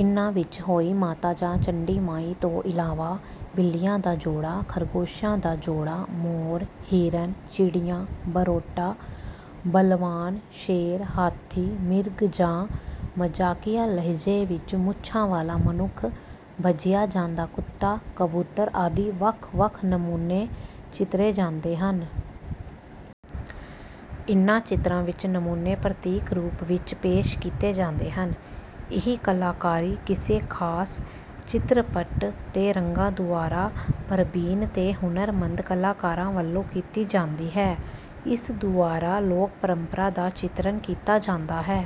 ਇਨ੍ਹਾਂ ਵਿੱਚ ਹੋਈ ਮਾਤਾ ਜਾਂ ਚੰਡੀ ਮਾਈ ਤੋਂ ਇਲਾਵਾ ਬਿੱਲੀਆਂ ਦਾ ਜੋੜਾਂ, ਖ਼ਰਗੋਸ਼ਾਂ ਦਾ ਜੋੜਾਂ, ਮੋਰ, ਹਿਰਨ, ਚਿੜੀਆਂ, ਬਰੋਟਾ, ਭਲਵਾਨ, ਸ਼ੇਰ, ਹਾਥੀ, ਮਿਰਗ ਜਾਂ ਮਜ਼ਾਕੀਆ ਲਹਿਜੇ ਵਿੱਚ ਮੁੱਛਾਂ ਵਾਲਾ ਮਨੁੱਖ, ਭੱਜਿਆ ਜਾਂਦਾ ਕੁੱਤਾ, ਕਬੂਤਰ ਆਦਿ ਵੱਖ ਵੱਖ ਨਮੂਨੇ ਚਿੱਤਰੇ ਜਾਂਦੇ ਹਨ। ਇਨ੍ਹਾਂ ਚਿੱਤਰਾਂ ਵਿੱਚ ਨਮੂਨੇ ਪ੍ਰਤੀਕ ਰੂਪ ਵਿੱਚ ਪੇਸ਼ ਕੀਤੇ ਜਾਂਦੇ ਹਨ। ਇਹ ਕਲਾਕਾਰੀ ਕਿਸੇ ਖਾਸ ਚਿੱਤਰਪਟ ਤੇ ਰੰਗਾਂ ਦੁਆਰਾ ਪਰਬੀਨ ਤੇ ਹੁਨਰਮੰਦ ਕਲਾਕਾਰਾਂ ਵਲੋਂ ਕੀਤੀ ਜਾਂਦੀ ਹੈ। ਇਸ ਦੁਆਰਾ ਲੋਕ ਪਰੰਪਰਾਂ ਦਾ ਚਿੱਤਰਨ ਕੀਤਾ ਜਾਂਦਾ ਹੈ।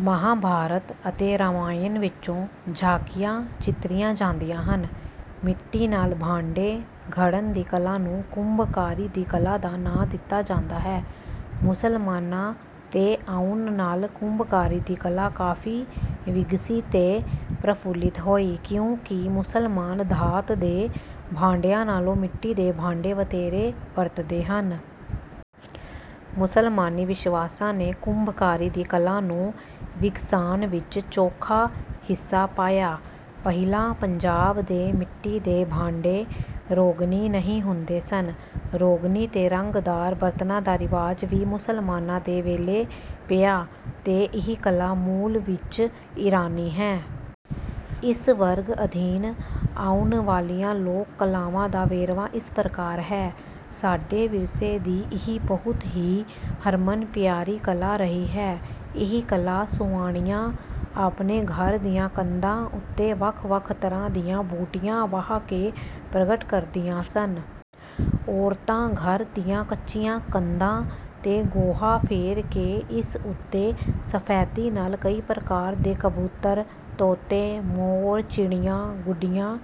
ਮਹਾਂਭਾਰਤ ਅਤੇ ਰਮਾਇਣ ਵਿੱਚੋਂ ਝਾਕੀਆਂ ਚਿੱਤਰੀਆਂ ਜਾਂਦੀਆਂ ਹਨ। ਮਿੱਟੀ ਨਾਲ ਭਾਂਡੇ ਘੜਨ ਦੀ ਕਲਾ ਨੂੰ ਕੁੰਭਕਾਰੀ ਦੀ ਕਲਾ ਦਾ ਨਾਂ ਦਿੱਤਾ ਜਾਂਦਾ ਹੈ, ਮੁਸਲਮਾਨਾ ਤੇ ਆਉਣ ਨਾਲ ਕੁੰਭਕਾਰੀ ਦੀ ਕਲਾ ਕਾਫੀ ਵਿਗਸੀ ਤੇ ਪ੍ਰਫੁੱਲਿਤ ਹੋਈ ਕਿਉਂਕਿ ਮੁਸਲਮਾਨ ਧਾਤ ਦੇ ਭਾਂਡਿਆਂ ਨਾਲੋਂ ਮਿੱਟੀ ਦੇ ਭਾਂਡੇ ਵਧੇਰੇ ਵਰਤਦੇ ਹਨ। ਮੁਸਲਮਾਨੀ ਵਿਸ਼ਵਾਸਾਂ ਨੇ ਕੁੰਭਕਾਰੀ ਦੀ ਕਲਾ ਨੂੰ ਵਿਗਸਾਣ ਵਿੱਚ ਚੌਖਾ ਹਿੱਸਾ ਪਾਇਆ। ਪਹਿਲਾਂ ਪੰਜਾਬ ਦੇ ਮਿੱਟੀ ਦੇ ਭਾਂਡੇ ਰੋਗਨੀ ਨਹੀਂ ਹੁੰਦੇ ਸਨ। ਰੋਗਨੀ ਤੇ ਰੰਗਦਾਰ ਬਰਤਨਾਂ ਦਾ ਰਿਵਾਜ ਵੀ ਮੁਸਲਮਾਨਾਂ ਦੇ ਵੇਲੇ ਪਿਆ ਤੇ ਇਹ ਕਲਾ ਮੂਲ ਵਿੱਚ ਈਰਾਨੀ ਹੈ। ਇਸ ਵਰਗ ਅਧੀਨ ਆਉਣ ਵਾਲੀਆਂ ਲੋਕ ਕਲਾਵਾਂ ਦਾ ਵੇਰਵਾ ਇਸ ਪ੍ਰਕਾਰ ਹੈ ਸਾਡੇ ਵਿਰਸੇ ਦੀ ਇਹ ਬਹੁਤ ਹੀ ਹਰਮਨ ਪਿਆਰੀ ਕਲਾ ਰਹੀ ਹੈ। ਇਹ ਕਲਾ ਸੁਆਣੀਆਂ ਆਪਣੇ ਘਰ ਦੀਆਂ ਕੰਧਾਂ ਉੱਤੇ ਵੱਖ-ਵੱਖ ਤਰ੍ਹਾਂ ਦੀਆਂ ਬੂਟੀਆਂ ਵਾਹ ਕੇ ਪ੍ਰਗਟ ਕਰਦੀਆਂ ਸਨ। ਔਰਤਾਂ ਘਰ ਦੀਆਂ ਕੱਚੀਆਂ ਕੰਧਾਂ ਤੇ ਗੋਹਾ ਫੇਰ ਕੇ ਇਸ ਉੱਤੇ ਸਫ਼ੈਦੀ ਨਾਲ ਕਈ ਪ੍ਰਕਾਰ ਦੇ ਕਬੂਤਰ, ਤੋਤੇ, ਮੋਰ, ਚਿੜੀਆਂ, ਗੁੱਡੀਆਂ,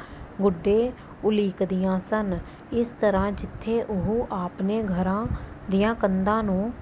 ਗੁੱਡੇ ਉਲ੍ਹੀਕਦੀਆਂ ਸਨ। ਇਸ ਤਰ੍ਹਾ ਜਿੱਥੇ ਉਹ ਆਪਣੇ ਘਰਾਂ ਦੀਆਂ ਕੰਧਾਂ ਨੂੰ